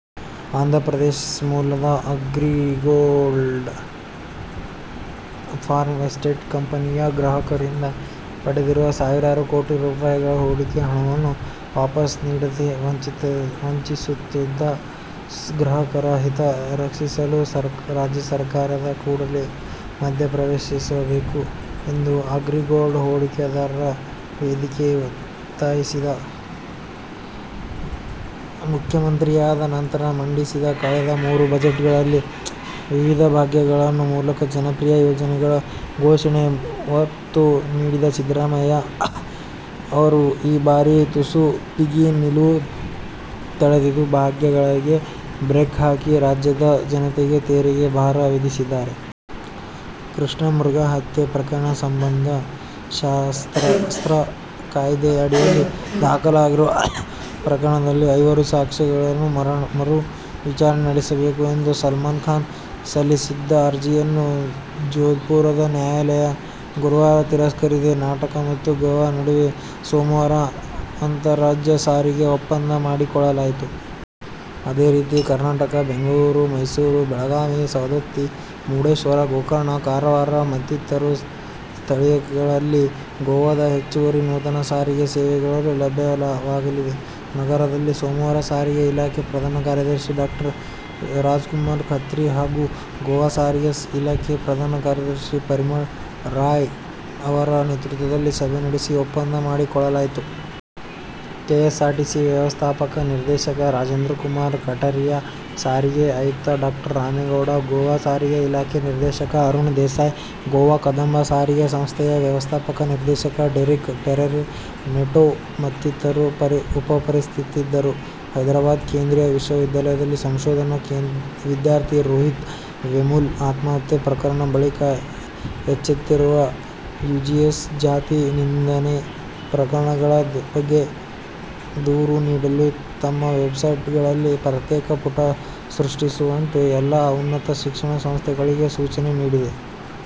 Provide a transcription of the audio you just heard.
ಆಂಧ್ರಪ್ರದೇಶ ಮೂಲದ Agrigold pharma estate ಕಂಪನಿಯು ಗ್ರಾಹಕರಿಂದ ಪಡೆದಿರುವ ಸಾವಿರಾರು ಕೋಟಿ ರೂ. ಹೂಡಿಕೆ ಹಣವನ್ನು ವಾಪಸ್ ನೀಡದೆ ವಂಚಿಸುತ್ತಿದ್ದು, ಗ್ರಾಹಕರ ಹಿತ ರಕ್ಷಿಸಲು ರಾಜ್ಯ ಸರ್ಕಾರ ಕೂಡಲೇ ಮಧ್ಯಪ್ರವೇಶಿಸಬೇಕು ಎಂದು ಅಗ್ರಿಗೋಲ್ಡ್ ಹೂಡಿಕೆದಾರರ ವೇದಿಕೆ ಒತ್ತಾಯಿಸಿದೆ. ಮುಖ್ಯಮಂತ್ರಿಯಾದ ನಂತರ ಮಂಡಿಸಿದ ಕಳೆದ ಮೂರು ಬಜೆಟ್ಗಳಲ್ಲಿ ವಿವಿಧ 'ಭಾಗ್ಯ'ಗಳ ಮೂಲಕ ಜನಪ್ರಿಯ ಯೋಜನೆಗಳ ಘೋಷಣೆಗೆ ಒತ್ತು ನೀಡಿದ್ದ ಸಿದ್ದರಾಮಯ್ಯ ಅವರು ಈ ಬಾರಿ ತುಸು ಬಿಗಿ ನಿಲುವು ತಳೆದಿದ್ದು, ಭಾಗ್ಯಗಳಿಗೆ ಬ್ರೇಕ್ ಹಾಕಿ ರಾಜ್ಯದ ಜನತೆಗೆ ತೆರಿಗೆಯ ಭಾರ ವಿಧಿಸಿದ್ದಾರೆ. ಕೃಷ್ಣ ಮೃಗ ಹತ್ಯೆ ಪ್ರಕಣ ಸಂಬಂಧ ಶಸ್ತ್ರಾಸ್ತ್ರ ಕಾಯ್ದೆಯ ಅಡಿಯಲ್ಲಿ ದಾಖಲಾಗಿರುವ ಪ್ರಕರಣದಲ್ಲಿ ಐವರು ಸಾಕ್ಷಿಗಳನ್ನು ಮರು ವಿಚಾರಣೆ ನಡೆಸಬೇಕು ಎಂದು ಸಲ್ಮಾನ್ ಖಾನ್ ಸಲ್ಲಿಸಿದ್ದ ಅರ್ಜಿಯನ್ನು ಜೋಧಪುರದ ನ್ಯಾಯಾಲಯ ಗುರುವಾರ ತಿರಸ್ಕರಿಸಿದೆ. ಕರ್ನಾಟಕ ಮತ್ತು ಗೋವಾ ನಡುವೆ ಸೋಮವಾರ ಅಂತಾರಾಜ್ಯ ಸಾರಿಗೆ ಒಪ್ಪಂದ ಮಾಡಿಕೊಳ್ಳಲಾಯಿತು. ಅದೇ ರೀತಿ, ಕರ್ನಾಟಕದ ಬೆಂಗಳೂರು, ಮೈಸೂರು, ಬೆಳಗಾವಿ, ಸವದತ್ತಿ, ಮುರುಡೇಶ್ವರ, ಗೋಕರ್ಣ, ಕಾರವಾರ ಮತ್ತಿತರ ಸ್ಥಳಗಳಲ್ಲಿ ಗೋವಾದ ಹೆಚ್ಚುವರಿ/ ನೂತನ ಸಾರಿಗೆ ಸೇವೆಗಳು ಲಭ್ಯವಾಗಲಿವೆ. ನಗರದಲ್ಲಿ ಸೋಮವಾರ ಸಾರಿಗೆ ಇಲಾಖೆ ಪ್ರಧಾನ ಕಾರ್ಯದರ್ಶಿ ಡಾ. ರಾಜಕುಮಾರ್ ಖತ್ರಿ ಹಾಗೂ ಗೋವಾ ಸಾರಿಗೆ ಇಲಾಖೆ ಪ್ರಧಾನ ಕಾರ್ಯದರ್ಶಿ ಪರಿಮಳ್ ರಾಯ್ ಅವರ ನೇತೃತ್ವದಲ್ಲಿ ಸಭೆ ನಡೆಸಿ ಒಪ್ಪಂದ ಮಾಡಿಕೊಳ್ಳಲಾಯಿತು. ಕೆಎಸ್ಆರ್ಟಿಸಿ ವ್ಯವಸ್ಥಾಪಕ ನಿರ್ದೇಶಕ ರಾಜೇಂದ್ರಕುಮಾರ್ ಕಟಾರಿಯಾ, ಸಾರಿಗೆ ಆಯುಕ್ತ ಡಾ ರಾಮೇಗೌಡ, ಗೋವಾ ಸಾರಿಗೆ ಇಲಾಖೆ ನಿರ್ದೇಶಕ ಅರುಣ್ ದೇಸಾಯಿ, ಗೋವಾ ಕದಂಬ ಸಾರಿಗೆ ಸಂಸ್ಥೆಯ ವ್ಯವಸ್ಥಾಪಕ ನಿರ್ದೇಶಕ ಡೆರೀಕ್ ಪರೇರಾ ನೆಟೋ ಮತ್ತಿತರರು ಉಪಸ್ಥಿತರಿದ್ದರು. ಹೈದರಾಬಾದ್ ಕೇಂದ್ರೀಯ ವಿಶ್ವವಿದ್ಯಾಲಯದ ಸಂಶೋಧನಾ ವಿದ್ಯಾರ್ಥಿ ರೋಹಿತ್ ವೇಮುಲ ಆತ್ಮಹತ್ಯೆ ಪ್ರಕರಣದ ಬಳಿಕ ಎಚ್ಚೆತ್ತಿರುವ ಯುಜಿಸಿ, ಜಾತಿ ನಿಂದನೆ ಪ್ರಕರಣಗಳ ಬಗ್ಗೆ ದೂರು ನೀಡಲು ತಮ್ಮ ವೆಬ್ಸೈಟ್ಗಳಲ್ಲಿ ಪ್ರತ್ಯೇಕ ಪುಟ ಸೃಷ್ಟಿಸುವಂತೆ ಎಲ್ಲಾ ಉನ್ನತ ಶಿಕ್ಷಣ ಸಂಸ್ಥೆಗಳಿಗೆ ಸೂಚನೆ ನೀಡಿದೆ.